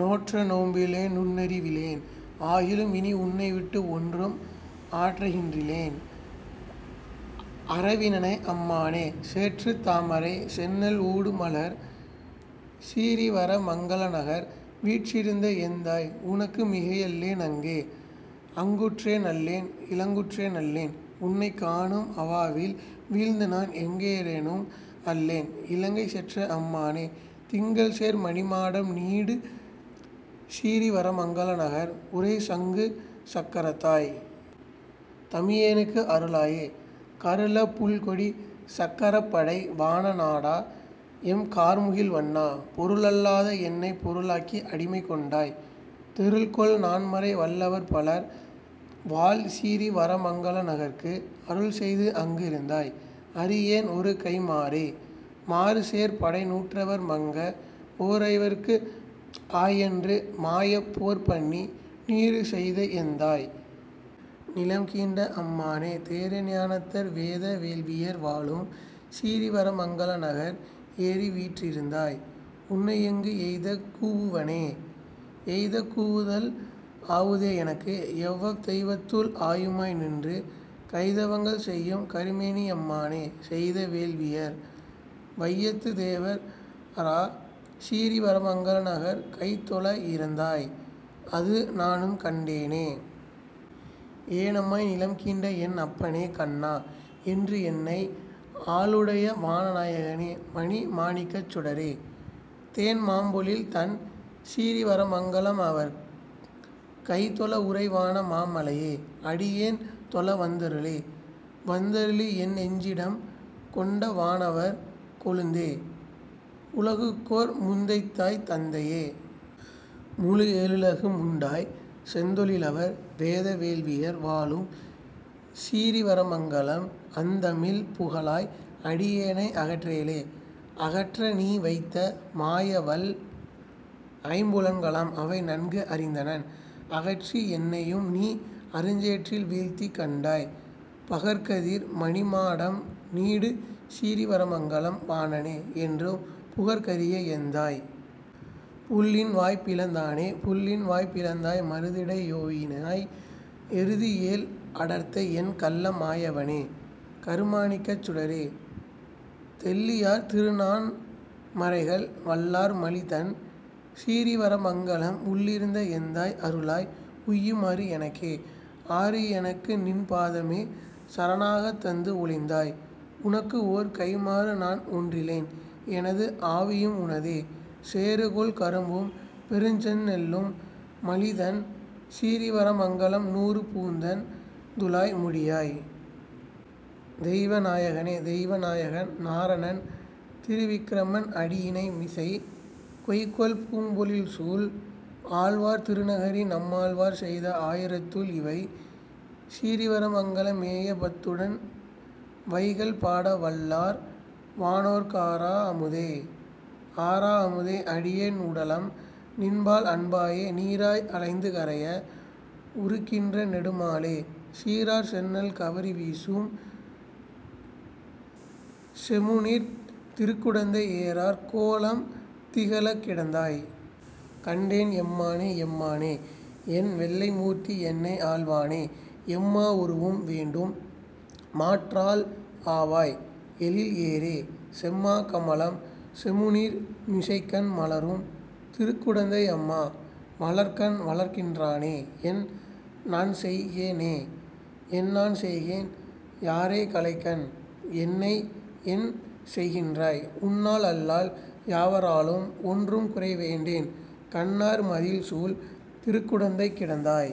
நோற்ற நோன்பிலேன் நுண்ணறி விலேனாகிலும் இனி யுன்னைவிட்டு, ஒன்றும் ஆற்ற கின்றிலேன் அரவினணை யம்மானே, சேற்றுத் தாமரை செந்நெ லூடுமலர் சிரீவர மங்கலநகர், வீற்றிருந்த எந்தாய். உனக்கு மிகையல்லே னங்கே.. அங்குற்றே னல்லே னிங்குற்றே னல்லேன் உன்னைக் காணும் அவாவில் வீழ்ந்து, நான் எங்குற் றேனுமல் லேனிலங்கைசெற்ற அம்மானே, திங்கள் சேர்மணி மாடம் நீடு சிரீவர மங்கல நகருறை, சங்கு சக்கரத் தாய். தமி யேனுக் கருளாயே.. கருள புட்கொடி சக்க ரப்படை வான நாட. எங் கார்முகில் வண்ணா, பொருளல் லாத என்னைப் பொருளாக்கி அடிமை கொண்டாய், தெருள்கொள் நான்மறை வல்லவர் பலர்வாழ் சிரீவர மங்கலநகர்க்கு, அருள்செய்தங்கிருந் தாயறி யேனொரு கைம்மாறே.. மாறு சேர்படை நூற்றுவர் மங்க வோரைவர்க்கு ஆயன்று மாயப்போர் பண்ணி, நீறு செய்த எந்தாய். நிலங்கீண்ட அம்மானே, தேறு ஞானத்தர் வேத வேள்வியறாச் சிரீவர மங்கலநகர், ஏறிவீற் றிருந்தாய். உன்னை எங்கெய்தக் கூவுவனே?. எய்தக் கூவுதல் ஆவதே எனக்கு? எவ்வதெய் வத்து ளாயுமாய் நின்று, கைத வங்கள்செய் யும்கரு மேனியம் மானே, செய்த வேள்வியர் வையத் தேவரறாச் சிரீவர மங்கலநகர், கைத்தொழ இருந்தாய் அதுநானும் கண்டேனே.. ஏன மாய்நிலங் கீண்டவென் அப்பனே. கண்ணா. என்று மென்னை யாளுடை, வானநா யகனே. மணிமா ணிக்கச் சுடரே, தேன மாம்பொழில் தண்சிரீ வரமங்கலத் தவர்க்கை தொழவுறை வான மாமலை யே. அடி யேன்தொழ வந்தருளே.. வந்தருளி யென்னெஞ் சிடங்கொண்ட வானவர் கொழுந்தே, உலகுக்கோர் முந்தைத் தாய்தந்தை யே. முழு ஏழுலகு முண்டாய், செந்தொ ழிலவர் வேத வேள்வியறாச் சிரீவர மங்கலநகர், அந்தமில் புகழாய். அடியேனை அகற்றேலே.. அகற்ற நீவைத்த மாயவல் லைம்புலங்களாம் அவை நன்கறிந்தனன், அகற்றி என்னையும் நீஅருஞ் சேற்றில் வீழ்த்தி கண்டாய், பகற்கதிர் மணிமாடம் நீடு சிரீவர மங்கை வாணனே, என்றும் புகற்கரிய எந்தாய். புள்ளின்வாய் பிளந்தானே.. புள்ளின்வாய் பிளந்தாய். மருதிடை போயினாய். எருதேழ் அடர்த்த, என் கள்ள மாயவனே. கருமாணிக்கச் சுடரே, தெள்ளியார் திருநான் மறைகள் வல்லார் மலிதண் சிரீவர மங்கை, உள்ளிருந்த எந்தாய். அருளாய் உய்யுமா றெனக்கே.. ஆறெ னக்குநின் பாதமே சரணாகத் தந்தொழிந்தாய், உனக் கோர் கைம் மாறு நானொன் றிலேனென தாவியு முனதே, சேரு கொள்கரும் பும்பெருஞ் செந்நெல்லும் மலிதண் சிரீவர மங்கை நாறு பூந்தண் துழாய்முடி யாய். தெய்வ நாயகனே. தெய்வ நாயகன் நாரணன் திரிவிக்கிரமன் அடியிணைமிசை, கொய்கொள் பூம்பொழில் சூழ்குரு கூர்ச்சட கோபன் செய்த ஆயிரத் துள்ளிவை தண்சிரீ வரமங்கை மேய பத்துடன், வைகல் பாட வல்லார் வானோர்க் காரா அமுதே. ஆரா அமுதே. அடியேன் உடலம் நின்பால் அன்பாயே, நீராய் அலைந்து கரைய வுருக்குகின்ற நெடுமாலே, சீரார் செந்நெல் கவரி வீசும் செழுநீர்க் திருகுடந்தை, ஏரார் கோலம் திகழக் கிடந்தாய். கண்டேன் எம்மானே.. எம்மா னே. என் வெள்ளை மூர்த்தி. என்னை ஆள்வானே, எம்மா வுருவும் வேண்டு மாற்றால் ஆவாய் எழிலேறே, செம்மா கமலம் செழுநீர் மிசைக்கண்மலரும் திருக்குடந்தை, அம்மா மலர்க்கண் வளர்கின் றானே. என்நான் செய்கேனே.. என்நான் செய்கேன். யாரே களைகண்? என்னையென் செய்கின்றாய்? உன்னால் அல்லால் யாவ ராலும் ஒன்றும் குறைவேண்டேன், கன்னார் மதிள்சூழ் குடந்தைக் கிடந்தாய்.